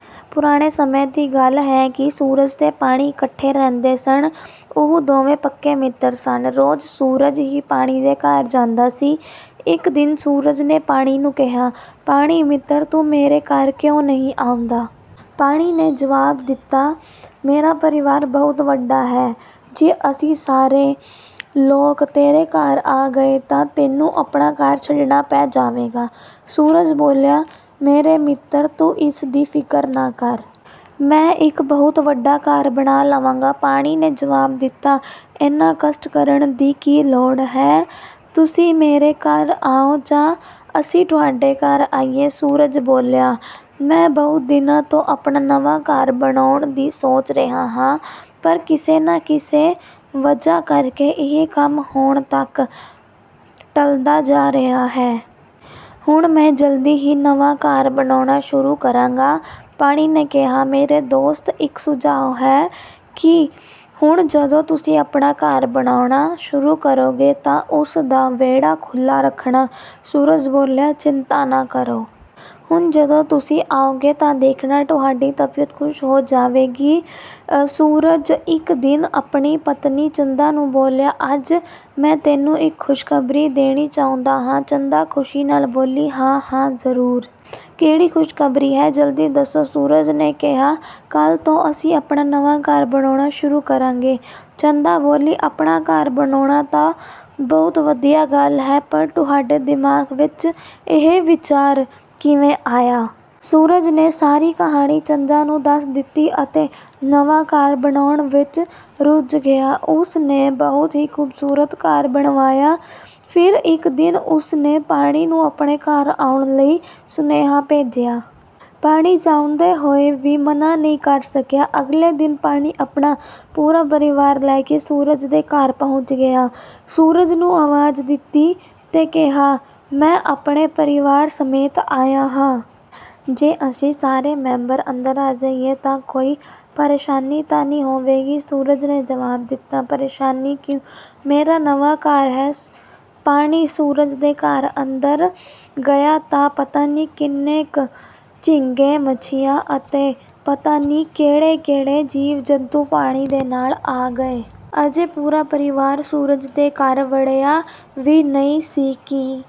ਪੁਰਾਣੇ ਸਮੇਂ ਦੀ ਗੱਲ ਹੈ ਕਿ ਸੂਰਜ ਤੇ ਪਾਣੀ ਇਕੱਠੇ ਰਹਿੰਦੇ ਸਨ। ਉਹ ਦੋਵੇਂ ਪੱਕੇ ਮਿੱਤਰ ਸਨ। ਰੋਜ਼ ਸੂਰਜ ਹੀ ਪਾਣੀ ਦੇ ਘਰ ਜਾਂਦਾ ਸੀ। ਇੱਕ ਦਿਨ ਸੂਰਜ ਨੇ ਪਾਣੀ ਨੂੰ ਕਿਹਾ, “ਪਾਣੀ ਮਿੱਤਰ, ਤੂੰ ਮੇਰੇ ਘਰ ਕਿਉਂ ਨਹੀਂ ਆਉਂਦਾ?” ਪਾਣੀ ਨੇ ਜਵਾਬ ਦਿੱਤਾ, “ਮੇਰਾ ਪਰਿਵਾਰ ਬਹੁਤ ਵੱਡਾ ਹੈ। ਜੇ ਅਸੀਂ ਸਾਰੇ ਲੋਕ ਤੇਰੇ ਘਰ ਆ ਗਏ ਤਾਂ ਤੈਨੂੰ ਆਪਣਾ ਘਰ ਛੱਡਣਾ ਪੈ ਜਾਵੇਗਾ।” ਸੂਰਜ ਬੋਲਿਆ, “ਮੇਰੇ ਮਿੱਤਰ, ਤੂੰ ਇਸ ਦੀ ਫ਼ਿਕਰ ਨਾ ਕਰ। ਮੈਂ ਇੱਕ ਬਹੁਤ ਵੱਡਾ ਘਰ ਬਣਾ ਲਵਾਂਗਾ।” ਪਾਣੀ ਨੇ ਜਵਾਬ ਦਿੱਤਾ, “ਐਨਾ ਕਸ਼ਟ ਕਰਨ ਦੀ ਕੀ ਲੋੜ ਹੈ? ਤੁਸੀਂ ਮੇਰੇ ਘਰ ਆਓ ਜਾਂ ਅਸੀਂ ਤੁਹਾਡੇ ਘਰ ਆਈਏ?” 'ਸੂਰਜ ਬੋਲਿਆ, “ਮੈਂ ਬਹੁਤ ਦਿਨਾਂ ਤੋਂ ਆਪਣਾ ਨਵਾਂ ਘਰ ਬਣਾਉਣ ਦੀ ਸੋਚ ਰਿਹਾ ਹਾਂ, ਪਰ ਕਿਸੇ ਨਾ ਕਿਸੇ ਵਜ੍ਹਾ ਕਰਕੇ ਇਹ ਕੰਮ ਹੁਣ ਤੱਕ ਟਲਦਾ ਜਾ ਰਿਹਾ ਹੈ। ਹੁਣ ਮੈਂ ਜਲਦੀ ਹੀ ਨਵਾਂ ਘਰ ਬਣਾਉਣਾ ਸ਼ੁਰੂ ਕਰਾਂਗਾ।'' ਪਾਣੀ ਨੇ ਕਿਹਾ, “ਮੇਰੇ ਦੋਸਤ, ਇੱਕ ਸੁਝਾਅ ਹੈ ਕਿ ਹੁਣ ਜਦੋਂ ਤੁਸੀਂ ਆਪਣਾ ਘਰ ਬਣਾਉਣਾ ਸ਼ੁਰੂ ਕਰੋਗੇ ਤਾਂ ਉਸ ਦਾ ਵਿਹੜਾ ਖੁੱਲ੍ਹਾ ਰੱਖਣਾ।” ਸੂਰਜ ਬੋਲਿਆ, “ਚਿੰਤਾ ਨਾ ਕਰੋ। ਹੁਣ ਜਦੋਂ ਤੁਸੀਂ ਆਓਗੇ ਤਾਂ ਦੇਖਣਾ, ਤੁਹਾਡੀ ਤਬੀਅਤ ਖ਼ੁਸ਼ ਹੋ ਜਾਵੇਗੀ।' ਸੂਰਜ ਇੱਕ ਦਿਨ ਆਪਣੀ ਪਤਨੀ ਚੰਦਾ ਨੂੰ ਬੋਲਿਆ, “ਅੱਜ ਮੈਂ ਤੈਨੂੰ ਇੱਕ ਖ਼ੁਸ਼ਖ਼ਬਰੀ ਦੇਣੀ ਚਾਹੁੰਦਾ ਹਾਂ।” ਚੰਦਾ ਖ਼ੁਸ਼ੀ ਨਾਲ ਬੋਲੀ, “ਹਾਂ-ਹਾਂ, ਜ਼ਰੂਰ! ਕਿਹੜੀ ਖ਼ੁਸ਼ਖ਼ਬਰੀ ਹੈ? ਜਲਦੀ ਦੱਸੋ।” ਸੂਰਜ ਨੇ ਕਿਹਾ ''ਕੱਲ੍ਹ ਤੋਂ ਅਸੀਂ ਆਪਣਾ ਨਵਾਂ ਘਰ ਬਣਾਉਣਾ ਸ਼ੁਰੂ ਕਰਾਂਗੇ। '' ਚੰਦਾ ਬੋਲੀ, “ਆਪਣਾ ਘਰ ਬਣਾਉਣਾ ਤਾਂ ਬਹੁਤ ਵਧੀਆ ਗੱਲ ਹੈ, ਪਰ ਤੁਹਾਡੇ ਦਿਮਾਗ਼ ਵਿੱਚ ਇਹ ਵਿਚਾਰ ਕਿਵੇਂ ਆਇਆ? ਸੂਰਜ ਨੇ ਸਾਰੀ ਕਹਾਣੀ ਚੰਦਾ ਨੂੰ ਦੱਸ ਦਿੱਤੀ ਅਤੇ ਨਵਾਂ ਘਰ ਬਣਾਉਣ ਵਿੱਚ ਰੁੱਝ ਗਿਆ। ਉਸ ਨੇ ਬਹੁਤ ਹੀ ਖ਼ੂਬਸੂਰਤ ਘਰ ਬਣਵਾਇਆ। ਫਿਰ ਇੱਕ ਦਿਨ ਉਸ ਨੇ ਪਾਣੀ ਨੂੰ ਆਪਣੇ ਘਰ ਆਉਣ ਲਈ ਸੁਨੇਹਾ ਭੇਜਿਆ। ਪਾਣੀ ਚਾਹੁੰਦੇ ਹੋਏ ਵੀ ਮਨ੍ਹਾਂ ਨਹੀਂ ਕਰ ਸਕਿਆ। ਅਗਲੇ ਦਿਨ ਪਾਣੀ ਆਪਣਾ ਪੂਰਾ ਪਰਿਵਾਰ ਲੈ ਕੇ ਸੂਰਜ ਦੇ ਘਰ ਪਹੁੰਚ ਗਿਆ। ਸੂਰਜ ਨੂੰ ਆਵਾਜ਼ ਦਿੱਤੀ ਤੇ ਕਿਹਾ, “ਮੈਂ ਆਪਣੇ ਪਰਿਵਾਰ ਸਮੇਤ ਆਇਆ ਹਾਂ। ਜੇ ਅਸੀਂ ਸਾਰੇ ਮੈਂਬਰ ਅੰਦਰ ਆ ਜਾਈਏ ਤਾਂ ਕੋਈ ਪ੍ਰੇਸ਼ਾਨੀ ਤਾਂ ਨਹੀਂ ਹੋਵੇਗੀ?” ਸੂਰਜ ਨੇ ਜਵਾਬ ਦਿੱਤਾ, ''ਪ੍ਰੇਸ਼ਾਨੀ ਕਿਉਂ? ਮੇਰਾ ਨਵਾਂ ਘਰ ਹੈ। ਪਾਣੀ ਸੂਰਜ ਦੇ ਘਰ ਅੰਦਰ ਗਿਆ ਤਾਂ ਪਤਾ ਨਹੀਂ ਕਿੰਨੇ ਕੁ ਝੀਂਗੇ, ਮੱਛੀਆਂ ਅਤੇ ਪਤਾ ਨਹੀਂ ਕਿਹੜੇ-ਕਿਹੜੇ ਜੀਵ-ਜੰਤੂ ਪਾਣੀ ਦੇ ਨਾਲ ਆ ਗਏ। ਅਜੇ ਪੂਰਾ ਪਰਿਵਾਰ ਸੂਰਜ ਦੇ ਘਰ ਵੜਿਆ ਵੀ ਨਹੀਂ ਸੀ ਕਿ